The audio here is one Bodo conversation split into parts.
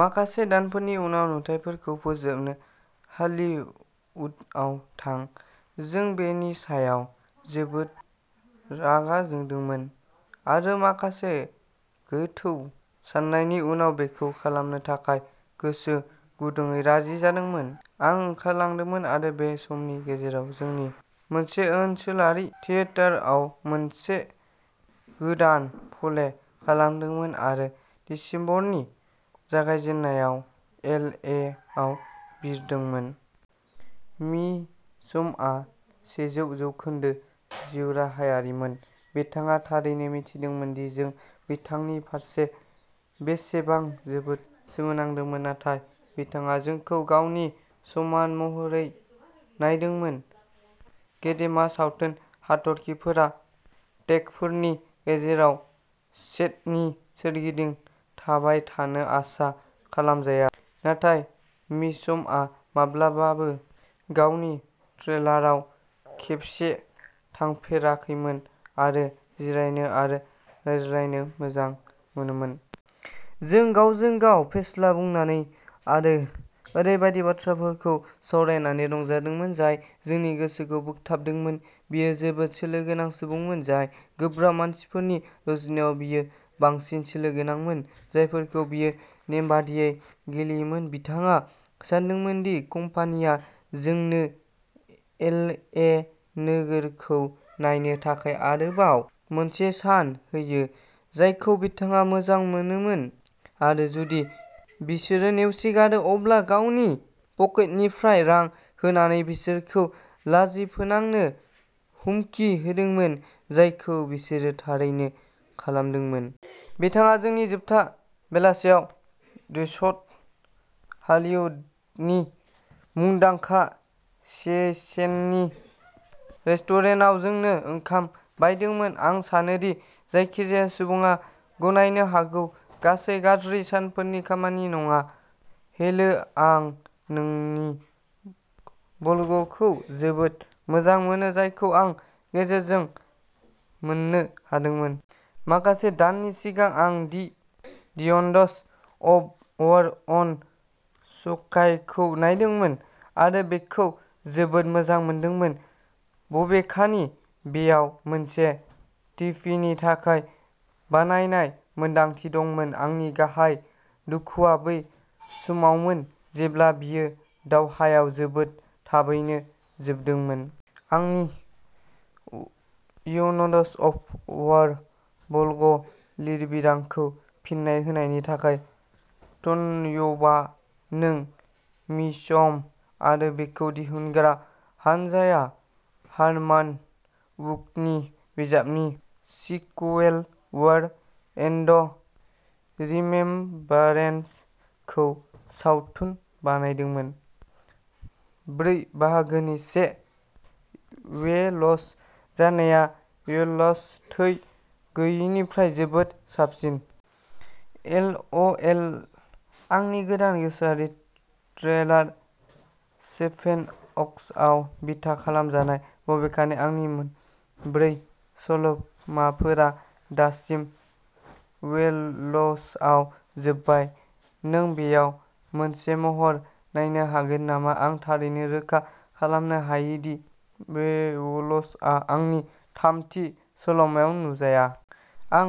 माखासे दानफोरनि उनाव नुथाइफोरखौ फोजोबनो हलीवुडआव थां। जों बेनि सायाव जोबोद रागा जोंदोंमोन आरो माखासे गोथौ साननायनि उनाव, बेखौ खालामनो थाखाय गोसो गुदुंयै राजि जादोंमोन। आं ओंखारलांदोंमोन आरो बे समनि गेजेराव जोंनि मोनसे ओनसोलारि थियेटारआव मोनसे गोदान प्ले खालामदोंमोन आरो दिसेम्बरनि जागायजेन्नायाव एल ए आव बिरदोंमोन। मिचमआ सेजौ जौखोन्दो जिउराहायारिमोन। बिथाङा थारैनो मिथिदोंमोन दि जों बिथांनि फारसे बेसेबां जोबोद सोमोनांदोंमोन, नाथाय बिथाङा जोंखौ गावनि समान महरै नायदोंमोन। गेदेमा सावथुन हाथरखिफोरा टेकफोरनि गेजेराव सेटनि सोरगिदिं थाबाय थानो आसा खालामजाया, नाथाय मिचमआ माब्लाबाबो गावनि ट्रेलाराव खेबसे थांफेराखैमोन आरो जिरायनो आरो रायज्लायनो मोजां मोनोमोन। जों गावजों-गाव फेस्ला बुंनानै आरो ओरैबायदि बाथ्राफोरखौ सावरायनानै रंजादोंमोन जाय जोंनि गोसोखौ बोगथाबदोंमोन। बियो जोबोद सोलो गोनां सुबुंमोन जाय गोब्राब मानसिफोरनि रुजुनायाव बियो बांसिन सोलो गोनांमोन, जायफोरखौ बियो नेमबादियै गेलेयोमोन। बिथाङा सानदोंमोन दि कम्पानिया जोंनो एल ए नोगोरखौ नायनो थाखाय आरोबाव मोनसे सान होयो, जायखौ बिथाङा मोजां मोनोमोन, आरो जुदि बिसोरो नेवसिगारो अब्ला गावनि पकेटनिफ्राय रां होनानै बिसोरखौ लाजि फोनांनो हुमखि होदोंमोन जायखौ बिसोरो थारैनो खालामदोंमोन। बिथाङा जोंनि जोबथा बेलासियाव वेस्ट हलीवुडनि मुंदांखा चेसेननि रेस्टुरेन्टाव जोंनो ओंखाम बायदोंमोन। आं सानो दि जायखिजाया सुबुङा गनायनो हागौ, गासै गाज्रि सानफोरनि खामानि नङा, हेलो आं नोंनि ब्लगखौ जोबोद मोजां मोनो, जायखौ आं गेजेरजों मोननो हादोंमोन। माखासे दाननि सिगां आं the winds of war on स्काइखौ नायदोंमोन आरो बेखौ जोबोद मोजां मोनदोंमोन, बबेखानि बेयाव मोनसे टिभिनि थाखाय बानायनाय मोनदांथि दंमोन। आंनि गाहाय दुखुआ बै समावमोन जेब्ला बेयो दावहायाव जोबोद थाबैनो जोबदोंमोन। आंनि विन्डस अफ वार ब्लग लिरबिदांखौ फिन्नाय होनायनि थाखाय धन्यबा। नों मिचम आरो बेखौ दिहुनग्रा हानजाया हारमान वुकनि बिजाबनि सिक्वेल'वार एन्ड रिमेम्बारेन्स खौ सावथुन बानायदोंमोन। ब्रै बाहागोनि से वेल्श जानाया वेल्श थै गैयैनिफ्राय जोबोद साबसिन। एल अ एल, आंनि गोदान गोसोआरि थ्रिलार सेभेनअक्सआव बिथा खालामजानाय। बबेखानि, आंनि मोन्नैबो सल'माफोरा दासिम वेल्सआव जोबबाय। नों बेयाव मोनसे महर नायनो हागोन नामा? आं थारैनो रोखा खालामनो हायो दि वेल्सआ आंनि थामथि सल'मायाव नुजाया। आं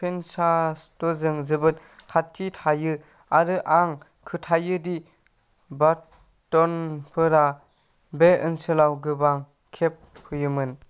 पेनशार्स्टजों जोबोद खाथि थायो आरो आं फोथायो दि बार्टनफोरा बे ओनसोलाव गोबां खेब फैयोमोन।